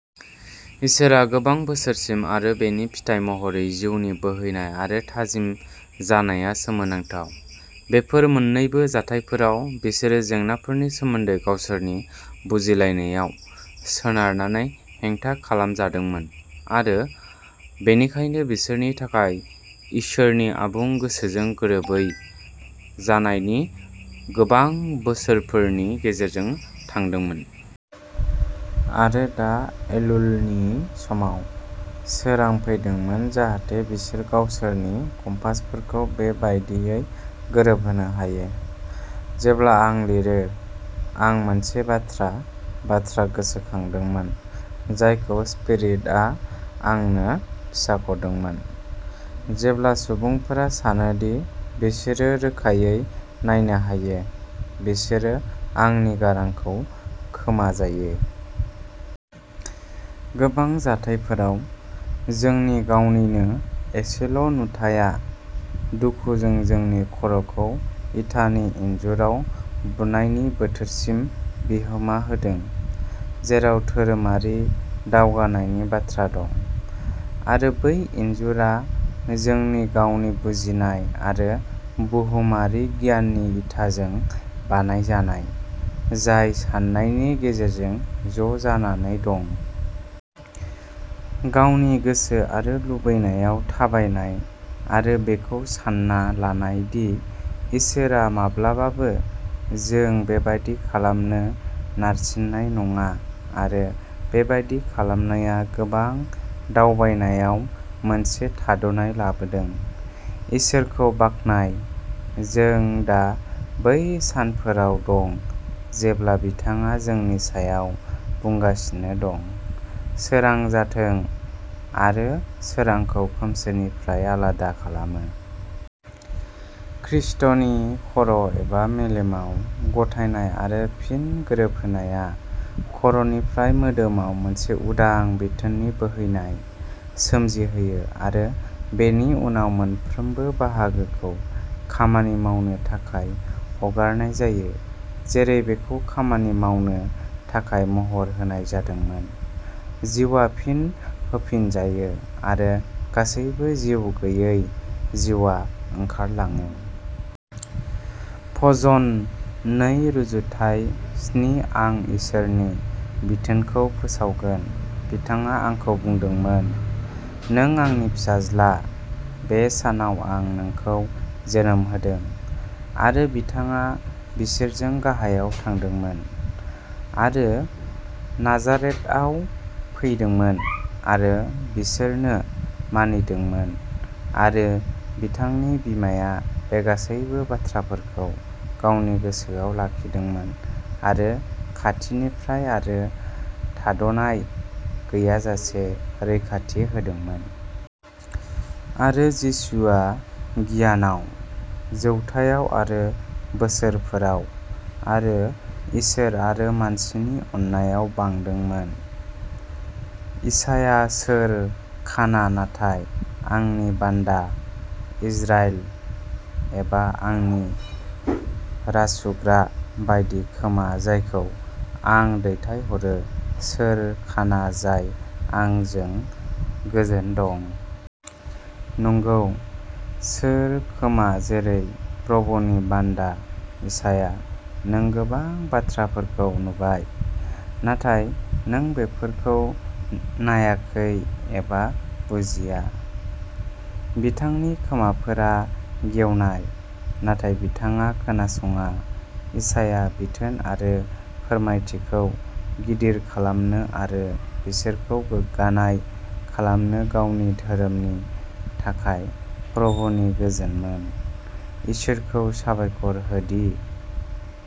इसोरआ गोबां बोसोरसिम आरो बेनि फिथाय महरै जिउनि बोहैनाय आरो थाजिम जानाया सोमोनांथाव। बेफोर मोन्नैबो जाथायफोराव, बिसोरो जेंनाफोरनि सोमोन्दै गावसोरनि बुजिलायनायाव सोनारनानै हेंथा खालामजादोंमोन आरो बेनिखायनो बिसोरनि थाखाय इसोरनि आबुं गोसोजों गोरोबै जानायनि गोबां बोसोरफोरनि गेजेरजों थांदोंमोन। आरो दा एलुलनि समाव, सोरां फैदोंमोन जाहाथे बिसोर गावसोरनि कम्पासफोरखौ बे बायदियै गोरोबहोनो हायो। जेब्ला आं लिरो, आं मोनसे बाथ्रा बाथ्रा गोसोखांदोंमोन जायखौ स्पिरिटआ आंनो फिसाख'दोंमोन, "जेब्ला सुबुंफोरा सानो दि बिसोरो रोखायै नायनो हायो, बिसोरो आंनि गारांखौ खोमा जायो।" गोबां जाथायफोराव, जोंनि गावनिनो एसेल'नुथाया दुखुजों जोंनि खर'खौ इटानि इनजुराव बुनायनि बोथोरसिम बिहोमा होदों, जेराव धोरोमारि दावगानायनि बाथ्रा दं। आरो बै इनजुरआ जोंनि गावनि बुजिनाय आरो बुहुमारि गियाननि इटाजों बानायजानाय, जाय साननायनि गेजेरजों ज'जानानै दं। गावनि गोसो आरो लुबैनायाव थाबायनाय आरो बेखौ सान्ना लानाय दि इसोरआ माब्लाबाबो जों बेबादि खालामनो नारसिननाय नङा आरो बेबादि खालामनाया गोबां दावबायनायाव मोनसे थाद'नाय लाबोदों। इसोरखौ बाख्नाय, जों दा बै सानफोराव दं जेब्ला बिथाङा जोंनि सायाव बुंगासिनो दं, "सोरां जाथों" आरो सोरांखौ खोमसिनिफ्राय आलादा खालामो। खृष्टनि खर'एबा मेलेमाव गथायनाय आरो फिन गोरोबहोनाया खर'निफ्राय मोदोमाव मोनसे उदां बिथोननि बोहैनाय सोमजिहोयो आरो बेनि उनाव मोनफ्रोमबो बाहागोखौ खामानि मावनो थाखाय हगारनाय जायो जेरै बेखौ खामानि मावनो थाखाय महर होनाय जादोंमोन। जिउआ फिन होफिनजायो आरो गासैबो जिउ गैयै जिउआ ओंखारलाङो। भजन नै रुजुथाय स्नि आं इसोरनि बिथोनखौ फोसावगोन बिथाङा आंखौ बुंदोंमोन, नों आंनि फिसाज्ला; बे सानाव आं नोंखौ जोनोम होदों। आरो बिथाङा बिसोरजों गाहायाव थांदोंमोन। आरो नाजारेथआव फैदोंमोन आरो बिसोरनो मानिदोंमोन आरो बिथांनि बिमाया बे गासैबो बाथ्राफोरखौ गावनि गोसोआव लाखिदोंमोन आरो खाथिनिफ्राय आरो थादनाय गैयाजासे रैखाथि होदोंमोन। आरो जिसुआ गियानाव, जौथायाव आरो बोसोरफोराव, आरो इसोर आरो मानसिनि अननायाव बांदोंमोन। इसाया सोर खाना नाथाय आंनि बान्दा इजराइल एबा आंनि रासुग्रा बायदि खोमा जायखौ आं दैथायहरो सोर खाना जाय आंजों गोजोन दं। नंगौ, सोर खोमा जेरै प्रभुनि बान्दा इसाया नों गोबां बाथ्राफोरखौ नुबाय, नाथाय नों बेफोरखौ नायाखै एबा बुजिया। बिथांनि खोमाफोरा गेवनाय, नाथाय बिथाङा खोनासङा इसाया बिथोन आरो फोरमायथिखौ गिदिर खालामनो आरो बिसोरखौ गोग्गानाय खालामनो गावनि धोरोमनि थाखाय प्रभुनि गोजोनमोन। इसोरखौ साबायखर हो दि,